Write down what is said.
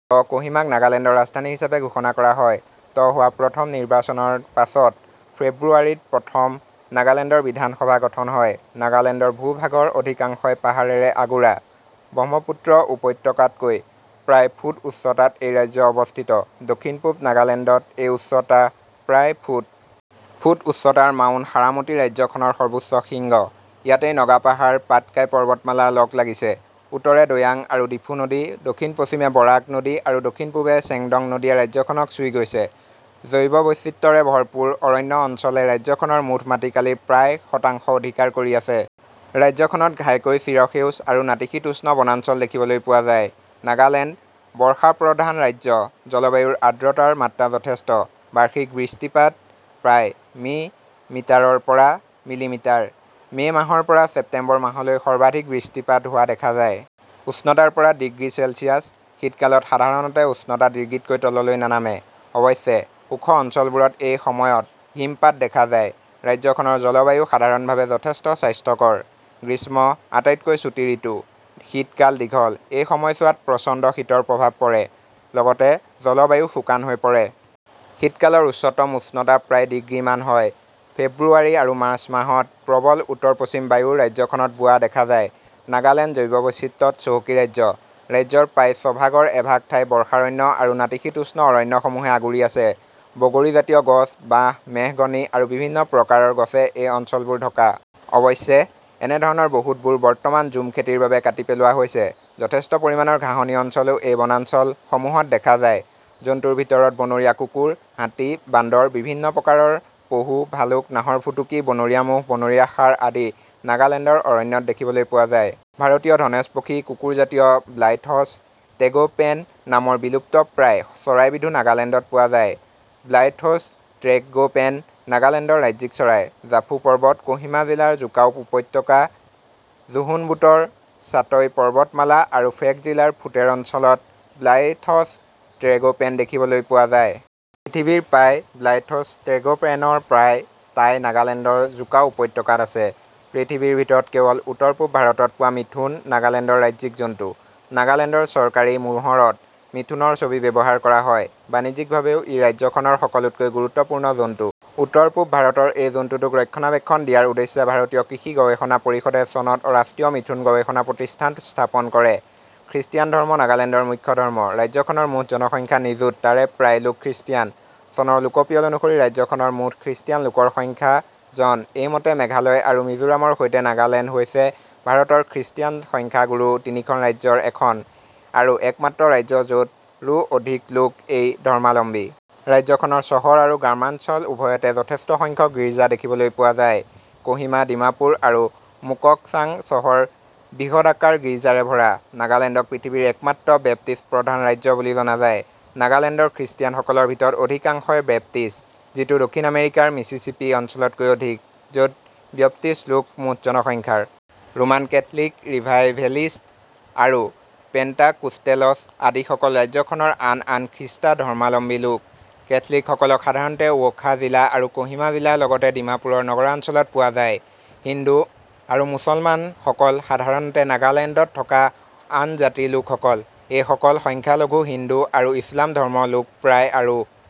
ত কহিমাক নাগালেণ্ডৰ ৰাজধানী হিচাপে ঘোষণা কৰা হয়। ত হোৱা প্ৰথম নিৰ্বাচনৰ পাছত ফেব্ৰুৱাৰী ত প্ৰথম নাগালেণ্ডৰ বিধানসভা গঠন হয়।। নাগালেণ্ডৰ ভূ-ভাগৰ অধিকাংশই পাহাৰেৰে আগুৰা। ব্ৰহ্মপুত্ৰ উপত্যকাতকৈ প্ৰায় ফুট ঊচ্চতাত এই ৰাজ্য অৱস্থিত, দক্ষিণ-পূব নাগালেণ্ডত এই ঊচ্চতা প্ৰায় ফুট। ফুট ঊচ্চতাৰ মাউণ্ট সাৰামতি ৰাজ্যখনৰ সৰ্বোচ্চ শৃংগ, ইয়াতেই নগা পাহাৰ পাটকাই পৰ্বতমালাৰ লগ লাগিছে। উত্তৰে দৈয়াং আৰু ডিফু নদী, দক্ষিণ পশ্চিমে বৰাক নদী আৰু দক্ষিণ পূবে চেংদং নদীয়ে ৰাজ্যখনক চুই গৈছে। জৈৱবৈচিত্ৰ্যৰে ভৰপূৰ অৰণ্য অঞ্চলে ৰাজ্যখনৰ মুঠ মাটিকালিৰ প্ৰায় শতাংশ অধিকাৰ কৰি আছে। ৰাজ্যখনত ঘাইকৈ চিৰসেউজ আৰু নাতিশীতোষ্ণ বনাঞ্চল দেখিবলৈ পোৱা যায়। নাগালেণ্ড বৰ্ষাপ্ৰধান ৰাজ্য, জলবায়ুৰ আদ্ৰতাৰ মাত্ৰা যথেষ্ট। বাৰ্ষিক বৃষ্টিপাত প্ৰায়, মি. মি. ৰ পৰা, মি. মি.। মে' মাহৰ পৰা চেপ্টেম্বৰ মাহলৈকে সৰ্বাধিক বৃষ্টিপাত হোৱা দেখা যায়। ঊষ্ণতা ৰ পৰা ডিগ্ৰী ছেলচিয়াছ, শীত কালত সাধাৰণতে ঊষ্ণতা ডিগ্ৰীতকৈ তললৈ নানামে, অৱশ্যে ওখ অঞ্চলবোৰত এই সময়ত হিমপাত দেখা যায়। ৰাজ্যখনৰ জলবায়ু সাধাৰণভাবে যথেষ্ট স্বাস্থ্যকৰ। গ্ৰীষ্ম আটাইতকৈ চুটী ঋতু। শীতকাল দীঘল, এই সময়চোৱাত প্ৰচণ্ড শীতৰ প্ৰভাৱ পৰে, লগতে জলবায়ু শুকান হৈ পৰে। শীতকালৰ ঊচ্চতম ঊষ্ণতা প্ৰায় ডিগ্ৰী মান হয়। ফেব্ৰুৱাৰী আৰু মাৰ্চ মাহত প্ৰবল উত্তৰ-পশ্ছিম বায়ু ৰাজ্যখনত বোৱা দেখা যায়। নাগালেণ্ড জৈৱবৈচিত্ৰ্যত চহকী ৰাজ্য, ৰাজ্যৰ প্ৰায় ছভাগৰ এভাগ ঠাই বৰ্ষাৰণ্য আৰু নাতিশীতোষ্ণ অৰণ্য সমূহে আগুৰি আছে, বগৰীজাতীয় গছ, বাঁহ, মেহগনি আৰু বিভিন্ন প্ৰকাৰৰ গছে এই অঞ্চলবোৰ ঢকা। অৱশ্যে এনে ধৰণৰ বহুবোৰ বৰ্তমান ঝুম খেতিৰ বাবে কাটি পেলোৱা হৈছে, যথেষ্ট পৰিমাণৰ ঘাঁহনি অঞ্চলো এই বনাঞ্চল সমূহত দেখা যায়। জন্তুৰ ভিতৰত বনৰীয়া কুকুৰ, হাতী, বান্দৰ, বিভিন্ন প্ৰকাৰৰ পহু, ভালুক, নাহৰফুটুকী, বনৰীয়া ম'হ, বনৰীয়া ষাঁড় আদি নাগালেণ্ডৰ অৰণ্যত দেখিবলৈ পোৱা যায়। ভাৰতীয় ধনেচ পক্ষী, কুকুৰাজাতীয় ব্লাইথচ ট্ৰেগ'পেন নামৰ বিলুপ্তপ্ৰায় চৰাইবিধো নাগালেণ্ডত পোৱা যায়। ব্লাইথচ ট্ৰেগ'পেন নাগালেণ্ডৰ ৰাজ্যিক চৰাই। জাফু পৰ্বত, ক'হিমা জিলাৰ জুকাও উপত্যকা, জুহনেবুট'ৰ চাত'ই পৰ্বতমালা আৰু ফেক জিলাৰ ফুতেৰ' অঞ্চলত ব্লাইথচ ট্ৰেগ'পেন দেখিবলৈ পোৱা যায়। পৃথিৱীৰ প্ৰায়, ব্লাইথচ ট্ৰেগ'পেনৰ প্ৰায়, টাই নাগালেণ্ডৰ জুকাও উপত্যকাত আছে। পৃথিৱীৰ ভিতৰত কেৱল উত্তৰ-পূব ভাৰতত পোৱা মিথুন, নাগালেণ্ডৰ ৰাজ্যিক জন্তু, নাগালেণ্ডৰ চৰকাৰী মোহৰত মিথুনৰ ছবি ব্যৱহাৰ কৰা হয়। বাণিজ্যিক ভাবেও ই ৰাজ্যখনৰ সকলোতকৈ গুৰুত্বপূৰ্ণ জন্তু। উত্তৰ-পূব ভাৰতৰ এই জন্তুটোক ৰক্ষণাবেক্ষণ দিয়াৰ ঊদ্দেশ্যে ভাৰতীয় কৃষি গৱেষণা পৰিষদে চনত ৰাষ্ট্ৰীয় মিথুন গৱেষণা প্ৰতিষ্ঠান স্থাপন কৰে। খ্ৰীষ্টিয়ান ধৰ্ম নাগালেণ্ডৰ মুখ্য ধৰ্ম। ৰাজ্যখনৰ মুঠ জনসংখ্যা নিযুত তাৰে প্ৰায় লোক খ্ৰীষ্টিয়ান। চনৰ লোকপিয়ল অনুসৰি ৰাজ্যখনৰ মুঠ খ্ৰীষ্টিয়ান লোকৰ সংখ্যা, জন, এই মতে মেঘালয় আৰু মিজোৰাম ৰ সৈতে নাগালেণ্ড হৈছে ভাৰতৰ খ্ৰীষ্টিয়ান সংখ্যাগুৰু তিনিখন ৰাজ্যৰ এখন, আৰু একমাত্ৰ ৰাজ্য য'ত ৰো অধিক লোক এই ধৰ্মালম্বী। ৰাজ্যখনৰ চহৰ আৰু গ্ৰামাঞ্চল ঊভয়তে যথেষ্টসংখ্যক গীৰ্জা দেখিবলৈ পোৱা য়ায়। ক'হিমা, ডিমাপুৰ আৰু মুককচাং চহৰ বৃহদাকাৰ গীৰ্জাৰে ভৰা। নাগালেণ্ডক পৃথিৱীৰ একমাত্ৰ বেপ্টিষ্ট প্ৰধান ৰাজ্য বুলি জনা যায়। নাগালেণ্ডৰ খ্ৰীষ্টিয়ানসকলৰ ভিতৰত অধিকাংশই বেপ্টিষ্ট,, যিটো দক্ষিণ আমেৰিকাৰ মিছিছিপি অঞ্চলতকৈ অধিক, য'ত ব্যপ্টিষ্ট লোক মুঠ জনসংখ্যাৰ। ৰোমান কেথলিক, ৰিভাইভেলিষ্ট আৰু পেণ্টাকোষ্টেলচ আদিসকল ৰাজ্যখনৰ আন আন খ্ৰীষ্টধৰ্মালম্বী লোক। কেথলিক সকলক সাধাৰণতে ৱ'খা জিলা আৰু ক'হিমা জিলাৰ লগতে ডিমাপুৰৰ নগৰাঞ্চলত পোৱা যায়। হিন্দু আৰু মুছলমান সকল সাধাৰণতে নাগালেণ্ডত থকা আনজাতিৰ লোকসকল, এইসকল সংখ্যালঘু হিন্দু আৰু ইছলাম ধৰ্মৰ লোক প্ৰায় আৰু।